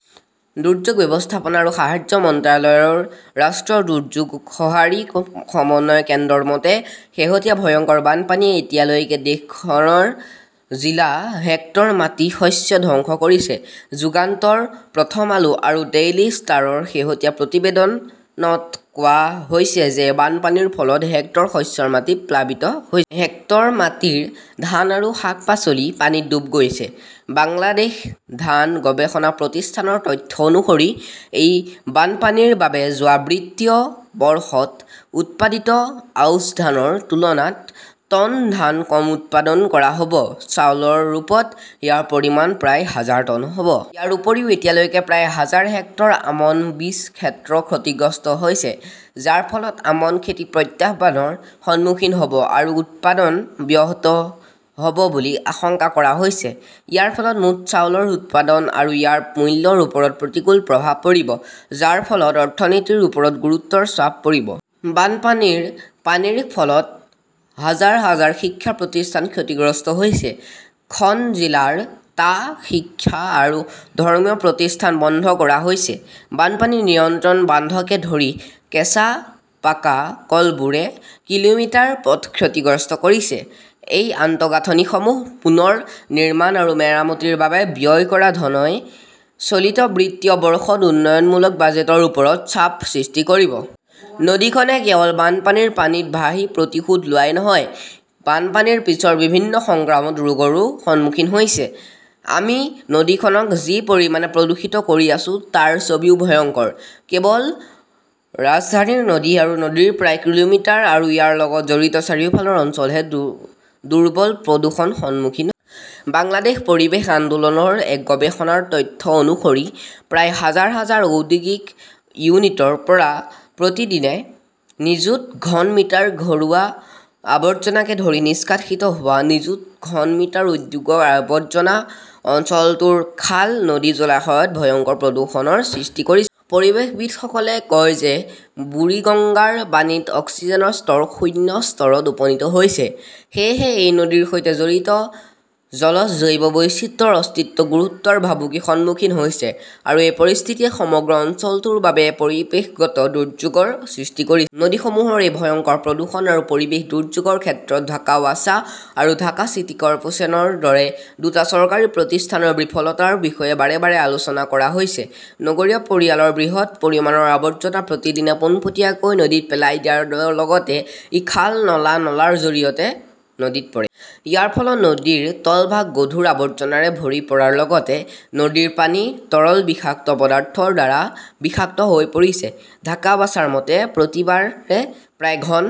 দুৰ্যোগ ব্যৱস্থাপনা আৰু সাহায্য মন্ত্ৰালয়ৰ ৰাষ্ট্ৰীয় দুৰ্যোগ সঁহাৰি সমন্বয় কেন্দ্ৰৰ মতে, শেহতীয়া ভয়ংকৰ বানপানীয়ে এতিয়ালৈকে দেশৰ খন জিলাত হেক্টৰ মাটিৰ শস্য ধ্বংস কৰিছে। যুগান্তৰ, প্ৰথম আলো আৰু ডেইলী ষ্টাৰৰ শেহতীয়া প্ৰতিবেদনত কোৱা হৈছে যে বানপানীৰ ফলত, হেক্টৰ শস্যৰ মাটি প্লাবিত হৈছে।, হেক্টৰ মাটিৰ ধান আৰু শাক-পাচলি পানীত ডুব গৈছে। বাংলাদেশ ধান গৱেষণা প্ৰতিষ্ঠানৰ তথ্য অনুসৰি, এইবাৰ বানপানীৰ বাবে যোৱা বিত্তীয় বৰ্ষত উৎপাদিত আউছ ধানৰ তুলনাত টন ধান কম উৎপাদন কৰা হ 'ব। চাউলৰ ৰূপত ইয়াৰ পৰিমাণ প্ৰায় হাজাৰ টন হ 'ব। ইয়াৰ উপৰিও, এতিয়ালৈকে প্ৰায় হাজাৰ হেক্টৰ আমন বীজ ক্ষেত্ৰ ক্ষতিগ্ৰস্ত হৈছে, যাৰ ফলত আমন খেতি প্ৰত্যাহ্বানৰ সন্মুখীন হ 'ব আৰু উৎপাদন ব্যাহত হ' ব বুলি আশংকা কৰা হৈছে। ইয়াৰ ফলত মুঠ চাউলৰ উৎপাদন আৰু ইয়াৰ মূল্যৰ ওপৰত প্ৰতিকূল প্ৰভাৱ পৰিব, যাৰ ফলত অৰ্থনীতিৰ ওপৰত গুৰুতৰ চাপ পৰিব। বানপানীৰ পানীৰ ফলত হাজাৰ হাজাৰ শিক্ষা প্ৰতিষ্ঠান ক্ষতিগ্ৰস্ত হৈছে। খন জিলাৰ টা শিক্ষা আৰু ধৰ্মীয় প্ৰতিষ্ঠান বন্ধ কৰা হৈছে। বানপানী নিয়ন্ত্ৰণ বান্ধকে ধৰি কেঁচা-পাকা কলবোৰে কিলোমিটাৰ পথ ক্ষতিগ্ৰস্ত কৰিছে। এই আন্তঃগাঁথনিসমূহ পুনৰ নিৰ্মাণ আৰু মেৰামতিৰ বাবে ব্যয় কৰা ধনই চলিত বিত্তীয় বৰ্ষত উন্নয়নমূলক বাজেটৰ ওপৰত চাপ সৃষ্টি কৰিব। নদীখনে কেৱল বানপানীৰ পানীত ভাহি প্ৰতিশোধ লোৱাই নহয়, বানপানীৰ পিছৰ বিভিন্ন সংক্ৰামক ৰোগৰো সন্মুখীন হৈছে। আমি নদীখনক যি পৰিমাণে প্ৰদূষিত কৰি আছো তাৰ ছবিও ভয়ংকৰ। কেৱল ৰাজধানীৰ নদী আৰু নদীৰ প্ৰায় কিলোমিটাৰ আৰু ইয়াৰ লগত জড়িত চাৰিওফালৰ অঞ্চলহে দুৰ্বল প্ৰদূষণৰ সন্মুখীন হৈছে। বাংলাদেশ পৰিৱেশ আন্দোলন ৰ এক গৱেষণাৰ তথ্য অনুসৰি প্ৰায় হাজাৰ ঔদ্যোগিক ইউনিটৰ পৰা প্ৰতিদিনে নিযুত ঘন মিটাৰ ঘৰুৱা আৱৰ্জনাকে ধৰি নিষ্কাশিত হোৱা. নিযুত ঘন মিটাৰ ঔদ্যোগিক আৱৰ্জনা অঞ্চলটোৰ খাল-নদী-জলাশয়ত ভয়ংকৰ প্ৰদূষণৰ সৃষ্টি কৰিছে। পৰিৱেশবিদসকলে কয় যে বুৰিগঙ্গাৰ পানীত অক্সিজেনৰ স্তৰ শূন্য স্তৰত উপনীত হৈছে। সেয়েহে এই নদীৰ সৈতে জড়িত জলজ জৈৱ বৈচিত্ৰ্যৰ অস্তিত্ব গুৰুতৰ ভাবুকিৰ সন্মুখীন হৈছে। আৰু এই পৰিস্থিতিয়ে সমগ্ৰ অঞ্চলটোৰ বাবে পৰিৱেশগত দুৰ্যোগৰ সৃষ্টি কৰিছে। নদীসমূহৰ এই ভয়ংকৰ প্ৰদূষণ আৰু পৰিৱেশ দুৰ্যোগৰ ক্ষেত্ৰত ঢাকা ৱাছা আৰু ঢাকা চিটি কৰ্পোৰেচনৰ দৰে দুটা চৰকাৰী প্ৰতিষ্ঠানৰ বিফলতাৰ বিষয়ে বাৰে বাৰে আলোচনা কৰা হৈছে। নগৰীয়া পৰিয়ালৰ বৃহৎ পৰিমাণৰ আৱৰ্জনা প্ৰতিদিনে পোনপটীয়াকৈ নদীত পেলাই দিয়াৰ লগতে ই খাল-নলা-নলাৰ জৰিয়তে নদীত পৰে। ইয়াৰ ফলত নদীৰ তলভাগ গধুৰ আৱৰ্জনাৰে ভৰি পৰাৰ লগতে নদীৰ পানী তৰল বিষাক্ত পদাৰ্থৰ দ্বাৰা বিষাক্ত হৈ পৰিছে। ঢাকা ৱাছাৰ মতে, প্ৰতিবাৰে প্ৰায় ঘন